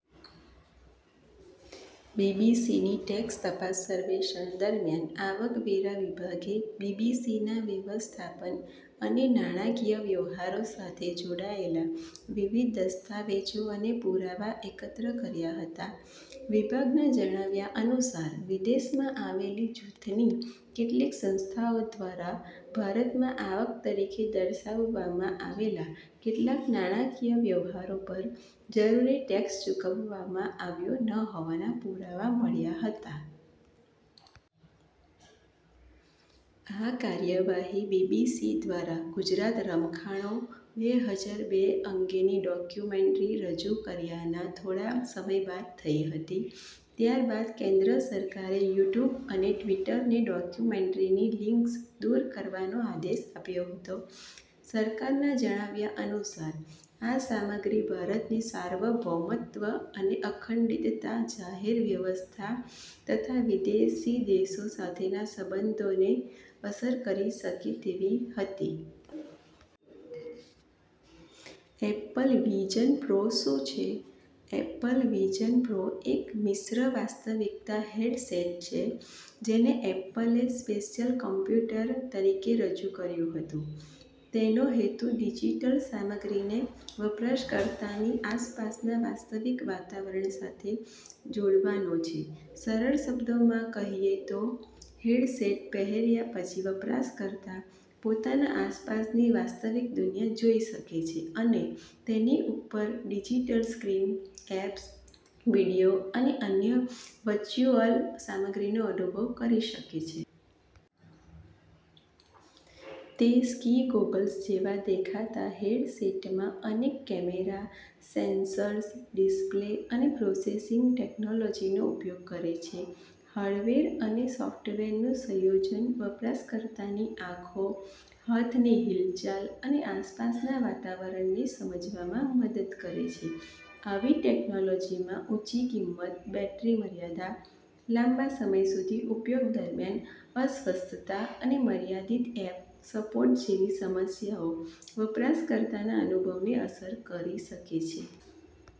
બીબીસીની tax તપાસ સર્વેક્ષણ દરમિયાન આવકવેરા વિભાગે બીબીસીના વ્યવસ્થાપન અને નાણાકીય વ્યવહારો સાથે જોડાયેલા વિવિધ દસ્તાવેજો અને પુરાવા એકત્ર કર્યા હતા. વિભાગના જણાવ્યા અનુસાર, વિદેશમાં આવેલી જૂથની કેટલીક સંસ્થાઓ દ્વારા ભારતમાં આવક તરીકે દર્શાવવામાં આવેલા કેટલાક નાણાકીય વ્યવહારો પર જરૂરી ટેક્સ ચૂકવવામાં આવ્યો ન હોવાના પુરાવા મળ્યા હતા. આ કાર્યવાહી બીબીસી દ્વારા ગુજરાત રમખાણો, બે હજાર બે અંગેની ડોક્યુમેન્ટ્રી રજૂ કર્યાના થોડા સમય બાદ થઈ હતી. ત્યારબાદ કેન્દ્ર સરકારે યુટ્યુબ અને ટ્વિટરને ડોક્યુમેન્ટ્રીની લિંક્સ દૂર કરવાનો આદેશ આપ્યો હતો. સરકારના જણાવ્યા અનુસાર, આ સામગ્રી ભારતની સાર્વભૌમત્વ અને અખંડિતતા, જાહેર વ્યવસ્થા તથા વિદેશી દેશો સાથેના સંબંધોને અસર કરી શકે તેવી હતી. એપલ વિઝન પ્રો શું છે? એપલ વિઝન પ્રો એક મિશ્ર-વાસ્તવિકતા હેડસેટ છે, જેને એપલે “સ્પેશિયલ કમ્પ્યુટર” તરીકે રજૂ કર્યું હતું. તેનો હેતુ ડિજિટલ સામગ્રીને વપરાશકર્તાની આસપાસના વાસ્તવિક વાતાવરણ સાથે જોડવાનો છે. સરળ શબ્દોમાં કહીએ તો, હેડસેટ પહેર્યા પછી વપરાશકર્તા પોતાના આસપાસની વાસ્તવિક દુનિયા જોઈ શકે છે અને તેની ઉપર ડિજિટલ સ્ક્રીન, એપ્સ, વીડિયો અને અન્ય વર્ચ્યુઅલ સામગ્રીનો અનુભવ કરી શકે છે. તે સ્કી ગોગલ્સ જેવા દેખાતા હેડસેટમાં અનેક કેમેરા, સેન્સર્સ, ડિસ્પ્લે અને પ્રોસેસિંગ ટેક્નોલોજીનો ઉપયોગ કરે છે. હાર્ડવેર અને સોફ્ટવેરનું સંયોજન વપરાશકર્તાની આંખો, હાથની હિલચાલ અને આસપાસના વાતાવરણને સમજવામાં મદદ કરે છે. આવી ટેક્નોલોજીમાં ઊંચી કિંમત, બેટરી મર્યાદા, લાંબા સમય સુધી ઉપયોગ દરમિયાન અસ્વસ્થતા અને મર્યાદિત એપ સપોર્ટ જેવી સમસ્યાઓ વપરાશકર્તાના અનુભવને અસર કરી શકે છે.